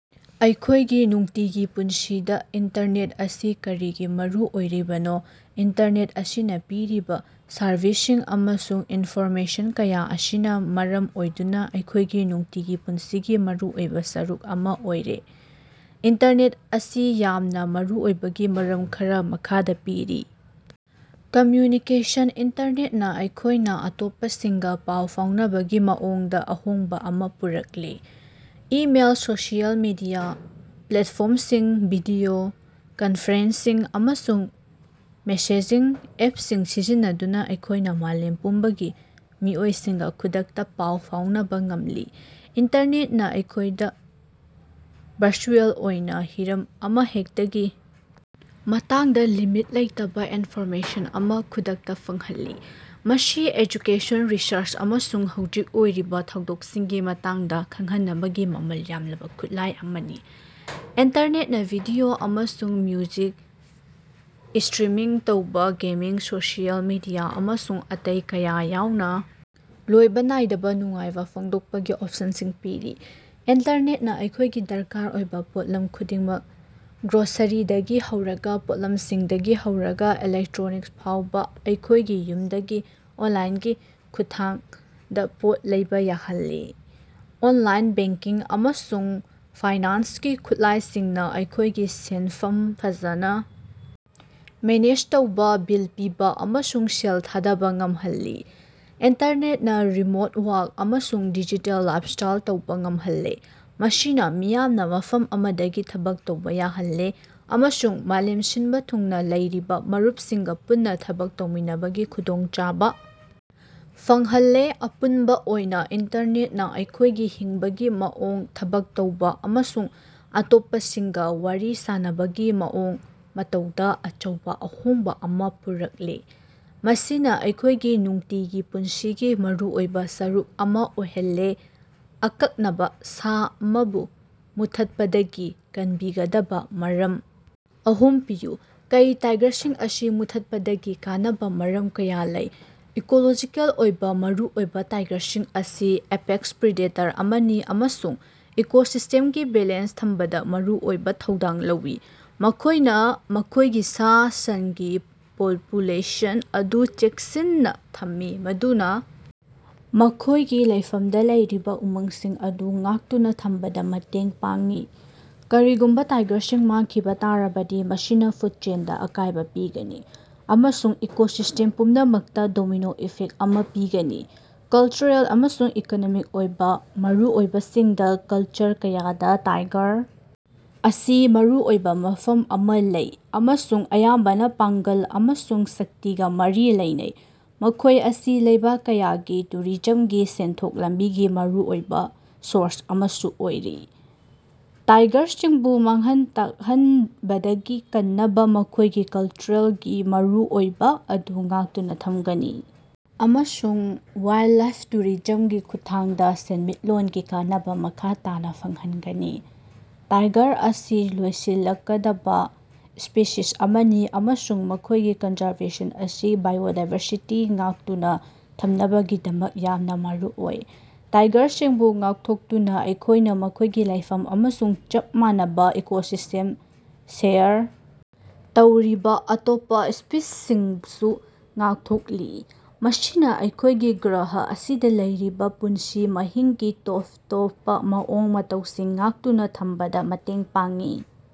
ꯑꯩꯈꯣꯏꯒꯤ ꯅꯨꯡꯇꯤꯒꯤ ꯄꯨꯟꯁꯤꯗꯥ ꯏꯟꯇꯔꯅꯦꯠ ꯑꯁꯤ ꯀꯔꯤꯒꯤ ꯃꯔꯨ ꯑꯣꯏꯔꯤꯕꯅꯣ? ꯏꯟꯇꯔꯅꯦꯠ ꯑꯁꯤꯅꯥ ꯄꯤꯔꯤꯕꯥ ꯁꯔꯚꯤꯁꯁꯤꯡ ꯑꯃꯁꯨꯡ ꯏꯟꯐꯣꯔꯃꯦꯁꯟ ꯀꯌꯥ ꯑꯁꯤꯅꯥ ꯃꯔꯝ ꯑꯣꯏꯗꯨꯅꯥ ꯑꯩꯈꯣꯏꯒꯤ ꯅꯨꯡꯇꯤꯒꯤ ꯄꯨꯟꯁꯤꯒꯤ ꯃꯔꯨꯑꯣꯏꯕꯥ ꯁꯔꯨꯛ ꯑꯃꯥ ꯑꯣꯏꯔꯦ꯫ ꯏꯟꯇꯔꯅꯦꯠ ꯑꯁꯤ ꯌꯥꯝꯅꯥ ꯃꯔꯨꯑꯣꯏꯕꯒꯤ ꯃꯔꯝ ꯈꯔꯥ ꯃꯈꯥꯗꯥ ꯄꯤꯔꯤ ꯀꯝꯃ꯭ꯌꯨꯅꯤꯀꯦꯁꯟ: ꯏꯟꯇꯔꯅꯦꯠꯅꯥ ꯑꯩꯈꯣꯏꯅꯥ ꯑꯇꯣꯞꯄꯁꯤꯡꯒꯥ ꯄꯥꯎ ꯐꯥꯎꯅꯕꯒꯤ ꯃꯑꯣꯡꯗꯥ ꯑꯍꯣꯡꯕꯥ ꯑꯃꯥ ꯄꯨꯔꯛꯂꯦ꯫ ꯏꯃꯦꯜ, ꯁꯣꯁꯤꯑꯦꯜ ꯃꯤꯗꯤꯌꯥ ꯄ꯭ꯂꯦꯠꯐꯣꯝꯁꯤꯡ, ꯚꯤꯗꯤꯑꯣ ꯀꯟꯐ꯭ꯔꯦꯟꯁꯤꯡ ꯑꯃꯁꯨꯡ ꯃꯦꯁꯦꯖꯤꯡ ꯑꯦꯞꯁꯤꯡ ꯁꯤꯖꯤꯟꯅꯗꯨꯅꯥ ꯑꯩꯈꯣꯏꯅꯥ ꯃꯥꯂꯦꯝ ꯄꯨꯝꯕꯒꯤ ꯃꯤꯑꯣꯏꯁꯤꯡꯒꯥ ꯈꯨꯗꯛꯇꯥ ꯄꯥꯎ ꯐꯥꯎꯅꯕꯥ ꯉꯝꯂꯤ꯫ꯏꯟꯇꯔꯅꯦꯠꯅꯥ ꯑꯩꯈꯣꯏꯗꯥ ꯕꯥꯔꯆꯨꯑꯦꯜ ꯑꯣꯏꯅꯥ ꯍꯤꯔꯝ ꯑꯃꯍꯦꯛꯇꯒꯤ ꯃꯇꯥꯡꯗꯥ ꯂꯤꯃꯤꯠ ꯂꯩꯇꯕꯥ ꯏꯟꯐꯣꯔꯃꯦꯁꯟ ꯑꯃꯥ ꯈꯨꯗꯛꯇꯥ ꯐꯪꯍꯜꯂꯤ꯫ ꯃꯁꯤ ꯑꯦꯖꯨꯀꯦꯁꯟ, ꯔꯤꯁꯔꯆ ꯑꯃꯁꯨꯡ ꯍꯧꯖꯤꯛ ꯑꯣꯏꯔꯤꯕꯥ ꯊꯧꯗꯣꯛꯁꯤꯡꯒꯤ ꯃꯇꯥꯡꯗꯥ ꯈꯪꯍꯟꯅꯕꯒꯤ ꯃꯃꯜ ꯌꯥꯝꯂꯕꯥ ꯈꯨꯠꯂꯥꯏ ꯑꯃꯅꯤ꯫ ꯏꯟꯇꯔꯅꯦꯠꯅꯥ ꯚꯤꯗꯤꯑꯣ ꯑꯃꯁꯨꯡ ꯃ꯭ꯌꯨꯖꯤꯛ ꯏꯁꯇ꯭ꯔꯤꯃꯤꯡ ꯇꯧꯕꯥ, ꯒꯦꯃꯤꯡ, ꯁꯣꯁꯤꯑꯦꯜ ꯃꯤꯗꯤꯌꯥ ꯑꯃꯁꯨꯡ ꯑꯇꯩ ꯀꯌꯥ ꯌꯥꯎꯅꯥ ꯂꯣꯏꯕꯥ ꯅꯥꯏꯗꯕꯥ ꯅꯨꯡꯉꯥꯏꯕꯥ ꯐꯣꯡꯗꯣꯛꯄꯒꯤ ꯑꯣꯞꯁꯟꯁꯤꯡ ꯄꯤꯔꯤ꯫ ꯏꯟꯇꯔꯅꯦꯠꯅꯥ ꯑꯩꯈꯣꯏꯒꯤ ꯗꯔꯀꯥꯔ ꯑꯣꯏꯕꯥ ꯄꯣꯠꯂꯝ ꯈꯨꯗꯤꯡꯃꯛ, ꯒ꯭ꯔꯣꯁꯔꯤꯗꯒꯤ ꯍꯧꯔꯒꯥ ꯄꯣꯠꯂꯝꯁꯤꯡꯗꯒꯤ ꯍꯧꯔꯒꯥ ꯏꯂꯦꯛꯇ꯭ꯔꯣꯅꯤꯛꯁ ꯐꯥꯎꯕꯥ, ꯑꯩꯈꯣꯏꯒꯤ ꯌꯨꯝꯗꯒꯤ ꯑꯣꯟꯂꯥꯏꯟꯒꯤ ꯈꯨꯊꯥꯡꯗ ꯄꯣꯠ ꯂꯩꯕꯥ ꯌꯥꯍꯜꯂꯤ꯫ ꯑꯣꯟꯂꯥꯏꯟ ꯕꯦꯡꯀꯤꯡ ꯑꯃꯁꯨꯡ ꯐꯥꯏꯅꯥꯟꯁꯀꯤ ꯈꯨꯠꯂꯥꯏꯁꯤꯡꯅꯥ ꯑꯩꯈꯣꯏꯒꯤ ꯁꯦꯟꯐꯝ ꯐꯖꯅꯥ ꯃꯦꯅꯦꯖ ꯇꯧꯕꯥ, ꯕꯤꯜ ꯄꯤꯕꯥ ꯑꯃꯁꯨꯡ ꯁꯦꯜ ꯊꯥꯗꯕꯥ ꯉꯝꯍꯜꯂꯤ꯫ ꯏꯟꯇꯔꯅꯦꯠꯅꯥ ꯔꯤꯃꯣꯠ ꯋꯥꯛ ꯑꯃꯁꯨꯡ ꯗꯤꯖꯤꯇꯦꯜ ꯂꯥꯏꯞꯁ꯭ꯇꯥꯏꯜ ꯇꯧꯕꯥ ꯉꯝꯍꯜꯂꯦ, ꯃꯁꯤꯅꯥ ꯃꯤꯌꯥꯝꯅꯥ ꯃꯐꯝ ꯑꯃꯗꯒꯤ ꯊꯕꯛ ꯇꯧꯕꯥ ꯌꯥꯍꯜꯂꯦ ꯑꯃꯁꯨꯡ ꯃꯥꯂꯦꯝ ꯁꯤꯟꯕꯥ ꯊꯨꯡꯅꯥ ꯂꯩꯔꯤꯕꯥ ꯃꯔꯨꯞꯁꯤꯡꯒꯥ ꯄꯨꯟꯅꯥ ꯊꯕꯛ ꯇꯧꯃꯤꯟꯅꯕꯒꯤ ꯈꯨꯗꯣꯡꯆꯥꯕꯥ ꯐꯪꯍꯜꯂꯦ꯫ ꯑꯄꯨꯟꯕꯥ ꯑꯣꯏꯅꯥ ꯏꯟꯇꯔꯅꯦꯠꯅꯥ ꯑꯩꯈꯣꯏꯒꯤ ꯍꯤꯡꯕꯒꯤ ꯃꯑꯣꯡ, ꯊꯕꯛ ꯇꯧꯕꯥ ꯑꯃꯁꯨꯡ ꯑꯇꯣꯞꯄꯁꯤꯡꯒꯥ ꯋꯥꯔꯤ ꯁꯥꯅꯕꯒꯤ ꯃꯑꯣꯡ ꯃꯇꯧꯗꯥ ꯑꯆꯧꯕꯥ ꯑꯍꯣꯡꯕꯥ ꯑꯃꯥ ꯄꯨꯔꯛꯂꯦ, ꯃꯁꯤꯅꯥ ꯑꯩꯈꯣꯏꯒꯤ ꯅꯨꯡꯇꯤꯒꯤ ꯄꯨꯟꯁꯤꯒꯤ ꯃꯔꯨꯑꯣꯏꯕꯥ ꯁꯔꯨꯛ ꯑꯃꯥ ꯑꯣꯏꯍꯜꯂꯦ꯫ ꯑꯀꯛꯅꯕꯥ ꯁꯥ ꯑꯃꯕꯨ ꯃꯨꯠꯊꯠꯄꯗꯒꯤ ꯀꯟꯕꯤꯒꯗꯕꯥ ꯃꯔꯝ ꯑꯍꯨꯝ ꯄꯤꯌꯨ꯫ ꯀꯩ ꯇꯥꯏꯒꯔꯁꯤꯡ ꯑꯁꯤ ꯃꯨꯠꯊꯠꯄꯗꯒꯤ ꯀꯟꯅꯕꯥ ꯃꯔꯝ ꯀꯌꯥ ꯂꯩ꯫ ꯏꯀꯣꯂꯣꯖꯤꯀꯦꯜ ꯑꯣꯏꯕꯥ ꯃꯔꯨꯑꯣꯏꯕꯥ ꯇꯥꯏꯒꯔꯁꯤꯡ ꯑꯁꯤ ꯑꯦꯄꯦꯛꯁ ꯄ꯭ꯔꯤꯗꯦꯇꯔ ꯑꯃꯅꯤ ꯑꯃꯁꯨꯡ ꯏꯀꯣꯁꯤꯁꯇꯦꯝꯒꯤ ꯕꯦꯂꯦꯟꯁ ꯊꯝꯕꯗꯥ ꯃꯔꯨꯑꯣꯏꯕꯥ ꯊꯧꯗꯥꯡ ꯂꯧꯏ꯫ ꯃꯈꯣꯏꯅꯥ ꯃꯈꯣꯏꯒꯤ ꯁꯥ-ꯁꯟꯒꯤ ꯄꯣꯄꯨꯂꯦꯁꯟ ꯑꯗꯨ ꯆꯦꯛꯁꯤꯟꯅꯥ ꯊꯝꯃꯤ ꯃꯗꯨꯅꯥ ꯃꯈꯣꯏꯒꯤ ꯂꯩꯐꯝꯗꯥ ꯂꯩꯔꯤꯕꯥ ꯎꯃꯪꯁꯤꯡ ꯑꯗꯨ ꯉꯥꯛꯇꯨꯅꯥ ꯊꯝꯕꯗꯥ ꯃꯇꯦꯡ ꯄꯥꯡꯏ꯫ ꯀꯔꯤꯒꯨꯝꯕꯥ ꯇꯥꯏꯒꯔꯁꯤꯡ ꯃꯥꯡꯈꯤꯕꯥ ꯇꯥꯔꯕꯗꯤ ꯃꯁꯤꯅꯥ ꯐꯨꯠ ꯆꯦꯟꯗꯥ ꯑꯀꯥꯏꯕꯥ ꯄꯤꯒꯅꯤ ꯑꯃꯁꯨꯡ ꯏꯀꯣꯁꯤꯁ꯭ꯇꯦꯝ ꯄꯨꯝꯅꯃꯛꯇꯥ ꯗꯣꯃꯤꯅꯣ ꯏꯐꯦꯛ ꯑꯃꯥ ꯄꯤꯒꯅꯤ꯫ ꯀꯜꯆꯔꯦꯜ ꯑꯃꯁꯨꯡ ꯏꯀꯣꯅꯣꯃꯤꯛ ꯑꯣꯏꯕꯥ ꯃꯔꯨꯑꯣꯏꯕꯁꯤꯡꯗ ꯀꯜꯆꯔ ꯀꯌꯥꯗꯥ ꯇꯥꯏꯒꯔ ꯑꯁꯤ ꯃꯔꯨꯑꯣꯏꯕꯥ ꯃꯐꯝ ꯑꯃꯥ ꯂꯩ ꯑꯃꯁꯨꯡ ꯑꯌꯥꯝꯕꯅꯥ ꯄꯥꯡꯒꯜ ꯑꯃꯁꯨꯡ ꯁꯛꯇꯤꯒꯥ ꯃꯔꯤ ꯂꯩꯅꯩ꯫ ꯃꯈꯣꯏ ꯑꯁꯤ ꯂꯩꯕꯥꯛ ꯀꯌꯥꯒꯤ ꯇꯨꯔꯤꯖꯝꯒꯤ ꯁꯦꯟꯊꯣꯛ ꯂꯝꯕꯤꯒꯤ ꯃꯔꯨꯑꯣꯏꯕꯥ ꯁꯣꯔꯁ ꯑꯃꯁꯨ ꯑꯣꯏꯔꯤ꯫ ꯇꯥꯏꯒꯔꯁꯤꯡꯕꯨ ꯃꯥꯡꯍꯟ ꯇꯥꯛꯍꯟꯕꯗꯒꯤ ꯀꯟꯕꯅꯥ ꯃꯈꯣꯏꯒꯤ ꯀꯜꯆꯔꯦꯜꯒꯤ ꯃꯔꯨꯑꯣꯏꯕꯥ ꯑꯗꯨ ꯉꯥꯛꯇꯨꯅꯥ ꯊꯝꯒꯅꯤ ꯑꯃꯁꯨꯡ ꯋꯥꯏꯜꯂꯥꯏꯞ ꯇꯨꯔꯤꯖꯝꯒꯤ ꯈꯨꯠꯊꯥꯡꯗꯥ ꯁꯦꯟꯃꯤꯠꯂꯣꯟꯒꯤ ꯀꯥꯟꯅꯕꯥ ꯃꯈꯥ ꯇꯥꯅꯥ ꯐꯪꯍꯟꯒꯅꯤ꯫ ꯇꯥꯏꯒꯔ ꯑꯁꯤ ꯂꯣꯏꯁꯤꯜꯂꯛꯀꯗꯕꯥ ꯁ꯭ꯄꯤꯁꯤꯁ ꯑꯃꯅꯤ ꯑꯃꯁꯨꯡ ꯃꯈꯣꯏꯒꯤ ꯀꯟꯖꯔꯕꯦꯁꯟ ꯑꯁꯤ ꯕꯥꯏꯑꯣꯗꯥꯏꯕꯔꯁꯤꯇꯤ ꯉꯥꯛꯇꯨꯅꯥ ꯊꯝꯅꯕꯒꯤꯗꯃꯛ ꯌꯥꯝꯅꯥ ꯃꯔꯨꯑꯣꯏ꯫ ꯇꯥꯏꯒꯔꯁꯤꯡꯕꯨ ꯉꯥꯛꯊꯣꯛꯇꯨꯅꯥ ꯑꯩꯈꯣꯏꯅꯥ ꯃꯈꯣꯏꯒꯤ ꯂꯩꯐꯝ ꯑꯃꯁꯨꯡ ꯆꯞ ꯃꯥꯟꯅꯕꯥ ꯏꯀꯣꯁꯤꯁꯇꯦꯝ ꯁꯦꯌꯔ ꯇꯧꯔꯤꯕꯥ ꯑꯇꯣꯞꯄꯥ ꯁ꯭ꯄꯤꯁꯤꯁꯁꯤꯡꯁꯨ ꯉꯥꯛꯊꯣꯛꯂꯤ꯫ ꯃꯁꯤꯅꯥ ꯑꯩꯈꯣꯏꯒꯤ ꯒ꯭ꯔꯍ ꯑꯁꯤꯗꯥ ꯂꯩꯔꯤꯕꯥ ꯄꯨꯟꯁꯤ ꯃꯍꯤꯡꯒꯤ ꯇꯣꯞ ꯇꯣꯞꯄꯥ ꯃꯑꯣꯡ ꯃꯇꯧꯁꯤꯡ ꯉꯥꯛꯇꯨꯅꯥ ꯊꯝꯕꯗꯥ ꯃꯇꯦꯡ ꯄꯥꯡꯏ꯫